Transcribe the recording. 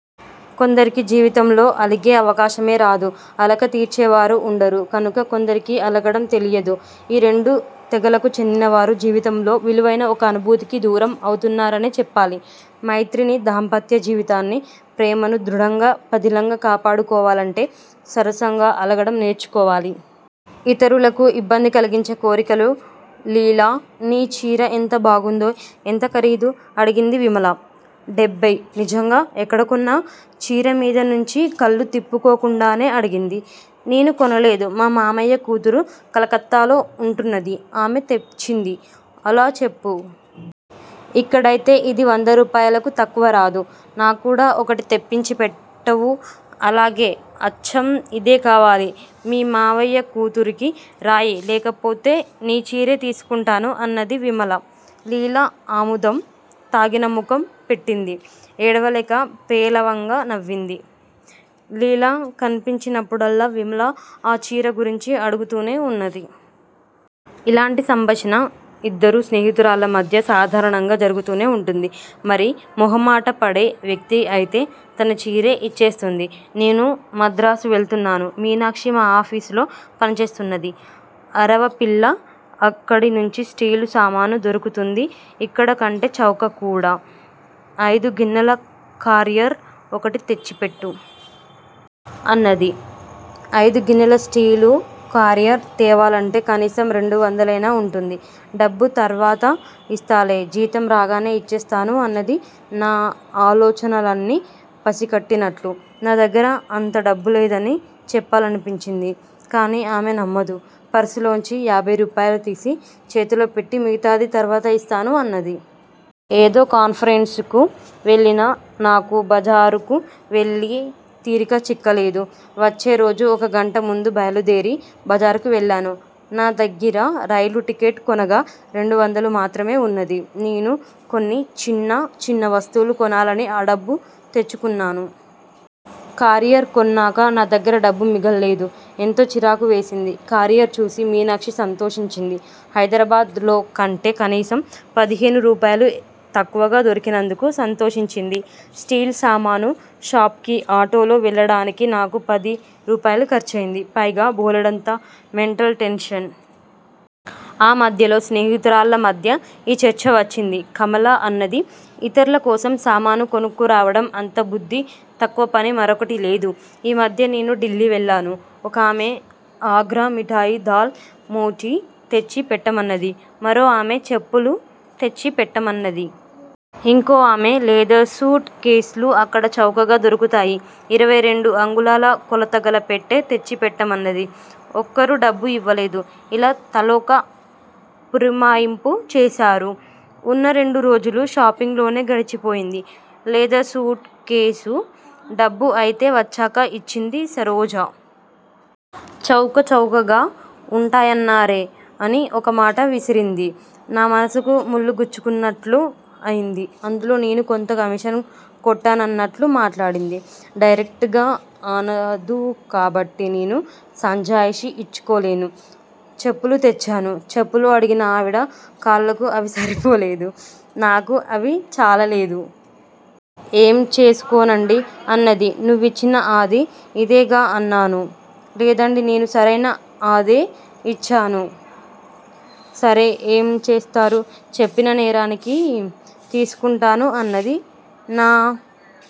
కొందరికి జీవితంలో అలిగే అవకాశమే రాదు అలక తీర్చేవారు ఉండరు కనుక కొందరికి అలగడం తెలియదు. ఈ రెండు తెగలకు చెందినవారు జీవితంలో విలువైన ఒక అనుభూతికి దూరం అవుతున్నారనే చెప్పాలి. మైత్రిని దాంపత్య జీవితాన్నీ ప్రేమనూ దృఢంగా పదిలంగా కాపాడుకోవాలంటే సరసంగా అలగడం నేర్చుకోవాలి. ఇతరులకు ఇబ్బంది కలిగించే కోరికలు లీలా! నీ చీర ఎంత బాగుందోయ్? ఎంత ఖరీదు? అడిగింది విమల. డెబ్బయ్! నిజంగా? ఎక్కడ కొన్నావ్? చీర మీద నుంచి కళ్ళు తిప్పుకోకుండానే అడిగింది. నేను కొనలేదు. మా మామయ్య కూతురు కలకత్తాలో ఉంటున్నది. ఆమె తెచ్చింది. అలా చెప్పు! ఇక్కడైతే ఇది వందరూపాయలకు తక్కువ రాదు. నాక్కూడా ఒకటి తెప్పించి పెట్టవూ? అలాగే! అచ్చం ఇదే కావాలి! మీ మావయ్య కూతురికి రాయి లేకపోతే నీ చీరే తీసుకుంటాను అన్నది విమల. లీల ఆముదం తాగిన ముఖం పెట్టింది. ఏడవలేక పేలవంగా నవ్వింది. లీల కన్పించినప్పుడల్లా విమల ఆ చీర గురించి అడుగుతూనే ఉన్నది. ఇలాంటి సంభాషణ ఇద్దరు స్నేహితురాళ్ళ మధ్య సాధారణంగా జరుగుతూనే ఉంటుంది. మరీ మొహమాటపడే వ్యక్తి అయితే తన చీరే ఇచ్చేస్తుంది. నేను మద్రాసు వెళ్తున్నాను. మీనాక్షి మా ఆఫీసులో పనిచేస్తున్నది. అరవపిల్ల అక్కడ మంచి స్టీలు సామాను దొరుకుతుంది ఇక్కడి కంటే చౌక కూడా. ఐదు గిన్నెల కారియర్ ఒకటి తెచ్చి పెట్టు! అన్నది. ఐదు గిన్నెల స్టీలు కారియర్ తేవాలంటే కనీసం రెండు వందలైనా ఉంటుంది. డబ్బు తర్వాత ఇస్తాలే. జీతం రాగానే ఇచ్చేస్తాను అన్నది నా ఆలోచనల్ని పసికట్టినట్లు. నా దగ్గర అంత డబ్బులేదని చెప్పాలనిపించింది. కాని ఆమె నమ్మదు. పర్సులోంచి యాభై రూపాయలు తీసి చేతిలో పెట్టి మిగతాది తర్వాత ఇస్తాను అన్నది. ఏదో కాన్ఫరెన్సుకు వెళ్ళిన నాకు బజారుకు వెళ్ళే తీరిక చిక్కలేదు. వచ్చే రోజు ఒక గంట ముందు బయలుదేరి బజారుకు వెళ్ళాను. నా దగ్గిర రైలు టికెట్ కొనగా రెండు వందలు మాత్రమే ఉన్నది. నేను కొన్ని చిన్న చిన్న వస్తువులు కొనాలని ఆ డబ్బు తెచ్చుకున్నాను. కారియర్ కొన్నాక నా దగ్గర డబ్బు మిగల్లేదు. ఎంతో చిరాకు వేసింది. కారియర్ చూసి మీనాక్షి సంతోషించింది. హైదరాబాద్ లో కంటే కనీసం పదిహేను రూపాయలు తక్కువగా దొరికినందుకు సంతోషించింది. స్టీల్ సామాను షాపుకి ఆటోలో వెళ్ళడానికి నాకు పది రూపాయలు ఖర్చయింది. పైగా బోలెడంత మెంటల్ టెన్షన్. ఆ మధ్యలో స్నేహితురాళ్ళ మధ్య ఈ చర్చ వచ్చింది. కమల అన్నది ఇతర్ల కోసం సామాను కొనుక్కురావడం అంతబుద్ధి తక్కువపని మరొకటి లేదు. ఈ మధ్య నేను ఢిల్లీ వెళ్ళాను. ఒకామె ఆగ్రా మిఠాయి దాల్ మోటీ తెచ్చి పెట్టమన్నది. మరో ఆమె చెప్పులు తెచ్చి పెట్టమన్నది. ఇంకో ఆమె లెదర్ సూట్ కేస్ లు అక్కడ చౌకగా దొరుకుతాయి. ఇరవై రెండు అంగుళాల కొలతగల పెట్టె తెచ్చిపెట్టమన్నది. ఒక్కరూ డబ్బు ఇవ్వలేదు. ఇలా తలొక పురమాయింపు చేశారు. ఉన్న రెండు రోజులూ షాపింగ్ లోనే గడిచిపోయింది. లెదర్ సూట్ కేసు డబ్బు అయితే వచ్చాక ఇచ్చింది సరోజ. చౌక చౌకగా ఉంటాయన్నారే అని ఒక మాట విసిరింది. నా మనసుకు ముల్లు గుచ్చుకున్నట్లు అయింది. అందులో నేను కొంత కమీషన్ కొట్టానన్నట్లు మాట్లాడింది. డైరెక్టుగా అనదు కాబట్టి నేను సంజాయిషీ ఇచ్చుకోలేను. చెప్పులు తెచ్చాను. చెప్పులు అడిగిన ఆవిడ కాళ్ళకు అవి సరిపోలేదు. నాకు అవి చాలలేదు. ఏం చేసుకోనండీ! అన్నది. నువ్విచ్చిన ఆది ఇదేగా అన్నాను. లేదండీ నేను సరైన ఆదే ఇచ్చాను. సరే ఏం చేస్తారు. చెప్పిన నేరానికి తీసుకుంటాను అన్నది. నా